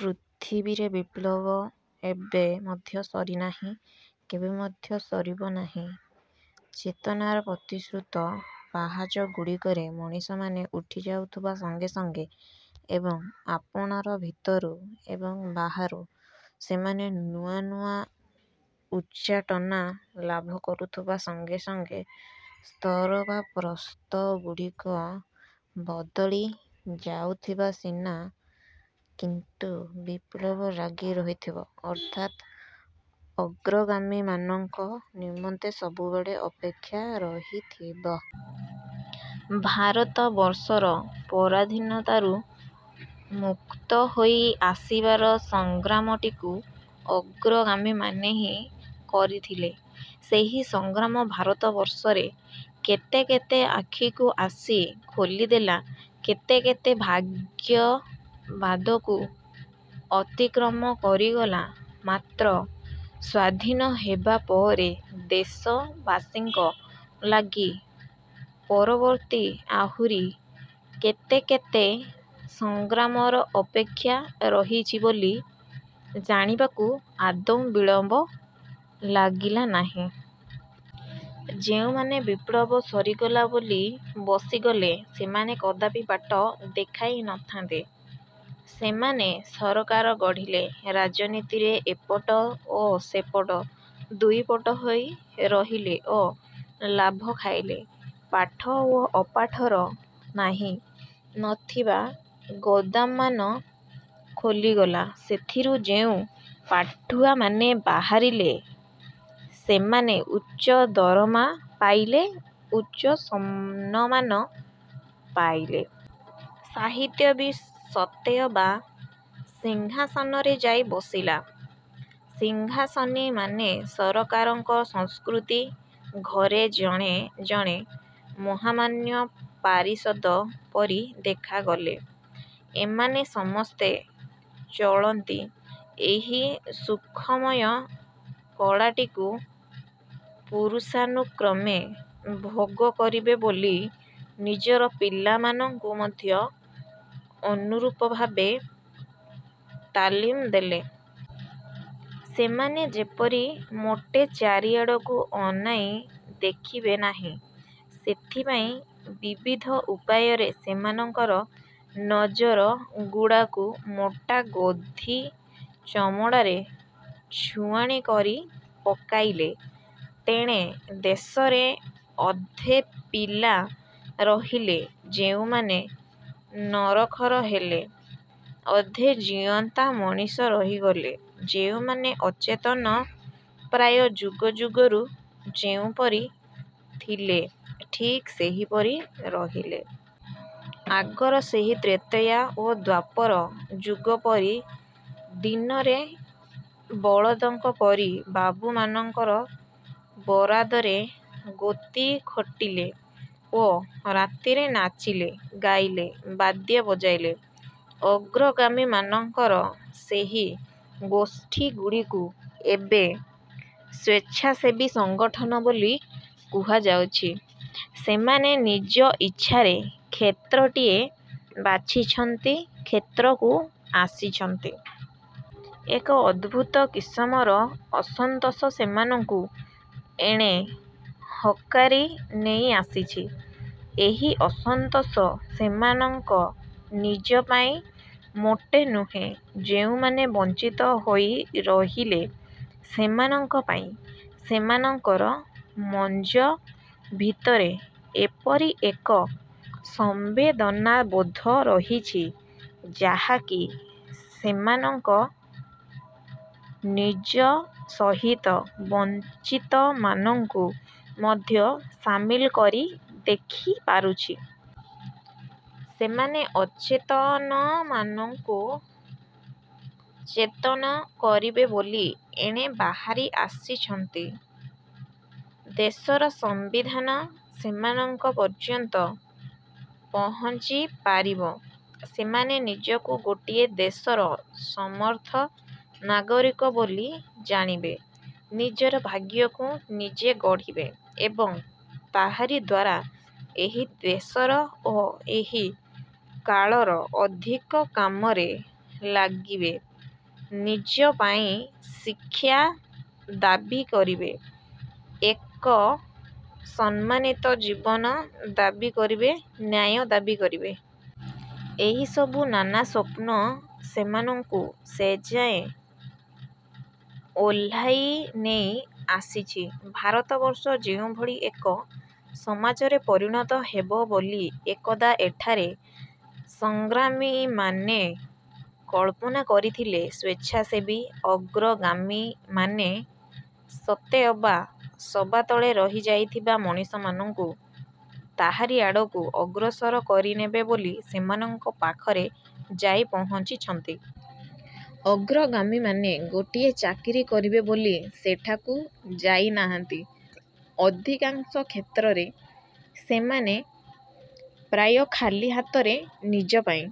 ପୃଥିବୀରେ ବିପ୍ଳବ ଏବେ ମଧ୍ୟ ସରିନାହିଁ, କେବେ ମଧ୍ୟ ସରିବ ନାହିଁ। ଚେତନାର ପ୍ରତିଶ୍ରୁତ ପାହାଚଗୁଡ଼ିକରେ ମଣିଷମାନେ ଉଠି ଯାଉଥିବା ସଙ୍ଗେ ସଙ୍ଗେ ଏବଂ ଆପଣାର ଭିତରୁ ଏବଂ ବାହାରୁ ସେମାନେ ନୂଆ ନୂଆ ଉଚ୍ଚାଟନା ଲାଭ କରୁଥିବା ସଙ୍ଗେ ସଙ୍ଗେ ସ୍ତର ବା ପ୍ରସ୍ଥଗୁଡ଼ିକ ବଦଳି ଯାଉଥିବ ସିନା କିନ୍ତୁ ବିପ୍ଳବ ଲାଗି ରହିଥିବ ଅର୍ଥାତ୍ ଅଗ୍ରଗାମୀ ମାନଙ୍କ ନିମନ୍ତେ ସବୁବେଳେ ଅପେକ୍ଷା ରହିଥିବ। ଭାରତବର୍ଷର ପରାଧିନତାରୁ ମୁକ୍ତ ହୋଇ ଆସିବାର ସଂଗ୍ରାମଟିକୁ ଅଗ୍ରଗାମୀମାନେ ହିଁ କରିଥିଲେ। ସେହି ସଂଗ୍ରାମ ଭାରତବର୍ଷରେ କେତେ କେତେ ଆଖିକୁ ଆସି ଖୋଲିଦେଲା, କେତେ କେତେ ଭାଗ୍ୟବାଦକୁ ଅତିକ୍ରମ କରିଗଲା। ମାତ୍ର ସ୍ୱାଧୀନ ହେବାପରେ ଦେଶବାସୀଙ୍କ ଲାଗି ପରବର୍ତ୍ତୀ ଆହୁରି କେତେ କେତ ସଂଗ୍ରାମର ଅପେକ୍ଷା ରହିଛି ବୋଲି ଜାଣିବାକୁ ଆଦୌ ବିଳମ୍ବ ଲାଗିଲା ନାହିଁ। ଯେଉଁମାନେ ବିପ୍ଳବ ସରିଗଲା ବୋଲି ବସିଗଲେ ସେମାନେ କଦାପି ବାଟ ଦେଖାଇ ନଥାନ୍ତେ। ସେମାନେ ସରକାର ଗଢିଲେ, ରାଜନୀତିରେ ଏପଟ ଓ ସେପଟ ଦୁଇପଟ ହୋଇ ରହିଲେ ଓ ଲାଭ ଖାଇଲେ। ପାଠ ଓ ଅପାଠର ନାହିଁ ନଥିବା ଗୋଦାମମାନ ଖୋଲିଗଲା। ସେଥିରୁ ଯେଉଁ ପାଠୁଆମାନେ ବାହାରିଲେ ସେମାନେ ଉଚ୍ଚ ଦରମା ପାଇଲେ, ଉଚ୍ଚ ସନମାନ ପାଇଲେ। ସାହିତ୍ୟ ବି ସତେଅବା ସିଂହାସନରେ ଯାଇ ବସିଲା। ସିଂହାସନୀମାନେ ସରକାରଙ୍କର ସଂସ୍କୃତି ଘରେ ଜଣେ ଜଣେ ମହାମାନ୍ୟ ପାରିଷଦ ପରି ଦେଖାଗଲେ। ଏମାନେ ସମସ୍ତେ ଚଳନ୍ତି ଏହି ସୁଖମୟ କଳାଟିକୁ ପୁରୁଷାନୁକ୍ରମେ ଭୋଗ କରିବେ ବୋଲି ନିଜର ପିଲାମାନଙ୍କୁ ମଧ୍ୟ ଅନୁରୂପ ଭାବେ ତାଲିମ ଦେଲେ। ସେମାନେ ଯେପରି ମୋଟେ ଚାରିଆଡ଼କୁ ଅନାଇ ଦେଖିବେ ନାହିଁ ସେଥିପାଇଁ ବିବିଧ ଉପାୟରେ ସେମାଙ୍କର ନଜର ଗୁଡ଼ାକୁ ମୋଟା ଗୋଧି ଚମଡ଼ାରେ ଛୁଆଣି କରି ପକାଇଲେ। ତେଣେ ଦେଶରେ ଅଧେ ପିଲା ରହିଲେ ଯେଉଁମାନେ ନରଖର ହେଲେ, ଅଧେ ଜିଅନ୍ତା ମଣିଷ ରହିଗଲେ ଯେଉଁମାନେ ଅଚେତନ ପ୍ରାୟ ଯୁଗ ଯୁଗରୁ ଯେଉଁପରି ଥିଲେ ଠିକ୍ ସେହିପରି ରହିଲେ। ଆଗର ସେହି ତ୍ରେତୟା ଓ ଦ୍ୱାପର ଯୁଗ ପରି ଦିନରେ ବଳଦଙ୍କ ପରି ବାବୁମାନଙ୍କର ବରାଦରେ ଗୋତି ଖଟିଲେ ଓ ରାତିରେ ନାଚିଲେ, ଗାଇଲେ, ବାଦ୍ୟ ବଜାଇଲେ। ଅଗ୍ରଗାମୀମାନଙ୍କର ସେହି ଗୋଷ୍ଠୀଗୁଡ଼ିକୁ ଏବେ ସ୍ୱେଚ୍ଛାସେବୀ ସଂଗଠନ ବୋଲି କୁହାଯାଉଛି। ସେମାନେ ନିଜ ଇଚ୍ଛାରେ କ୍ଷେତ୍ରଟିଏ ବାଛିଛନ୍ତି କ୍ଷେତ୍ରକୁ ଆସିଛନ୍ତି। ଏକ ଅଦ୍ଭୂତ କିସମର ଅସନ୍ତୋଷ ସେମାନଙ୍କୁ ଏଣେ ହକାରି ନେଇ ଆସିଛି। ଏହି ଅସନ୍ତୋଷ ସେମାନଙ୍କ ନିଜ ପାଇଁ ମୋଟେ ନୁହେଁ। ଯେଉଁମାନେ ବଞ୍ଚିତ ହୋଇ ରହିଲେ ସେମାନଙ୍କ ପାଇଁ ସେମାନଙ୍କର ମଞ୍ଜ ଭିତରେ ଏପରି ଏକ ସମ୍ବେଦନାବୋଧ ରହିଛି ଯାହାକି ସେମାନଙ୍କ ନିଜ ସହିତ ବଞ୍ଚିତମାନଙ୍କୁ ମଧ୍ୟ ସାମିଲ କରି ଦେଖିପାରୁଛି। ସେମାନେ ଅଚେତନମାନଙ୍କୁ ଚେତନ କରିବେ ବୋଲି ଏଣେ ବାହାରି ଆସିଛନ୍ତି। ଦେଶର ସମ୍ବିଧାନ ସେମାନଙ୍କ ପର୍ଯ୍ୟନ୍ତ ପହଞ୍ଚି ପାରିବ, ସେମାନେ ନିଜକୁ ଗୋଟିଏ ଦେଶର ସମର୍ଥ ନାଗରିକ ବୋଲି ଜାଣିବେ, ନିଜର ଭାଗ୍ୟକୁ ନିଜେ ଗଢିବେ ଏବଂ ତାହାରି ଦ୍ୱାରା ଏହି ଦେଶର ଓ ଏହି କାଳର ଅଧିକ କାମରେ ଲାଗିବେ, ନିଜ ପାଇଁ ଶିକ୍ଷା ଦାବି କରିବେ, ଏକ ସମ୍ମାନିତ ଜୀବନ ଦାବି କରିବେ, ନ୍ୟାୟ ଦାବି କରିବେ। ଏହିସବୁ ନାନା ସ୍ୱପ୍ନ ସେମାନଙ୍କୁ ସେଯାଏ ଓହ୍ଲାଇ ନେଇ ଆସିଛି। ଭାରତବର୍ଷ ଯେଉଁଭଳି ଏକ ସମାଜରେ ପରିଣତ ହେବ ବୋଲି ଏକଦା ଏଠାରେ ସଂଗ୍ରାମୀମାନେ କଳ୍ପନା କରିଥିଲେ, ସ୍ୱେଚ୍ଛାସେବୀ ଅଗ୍ରଗାମୀମାନେ ସତେ ଅବା ସବାତଳେ ରହି ଯାଇଥିବା ମଣିଷମାନଙ୍କୁ ତାହାରି ଆଡ଼କୁ ଅଗ୍ରସର କରାଇନେବେ ବୋଲି ସେମାନଙ୍କ ପାଖରେ ଯାଇ ପହଞ୍ଚିଛନ୍ତି। ଅଗ୍ରଗାମୀମାନେ ଗୋଟିଏ ଚାକିରି କରିବେ ବୋଲି ସେଠାକୁ ଯାଇନାହାନ୍ତି। ଅଧିକାଂଶ କ୍ଷେତ୍ରରେ ସେମାନେ ପ୍ରାୟ ଖାଲି ହାତରେ ନିଜ ପାଇଁ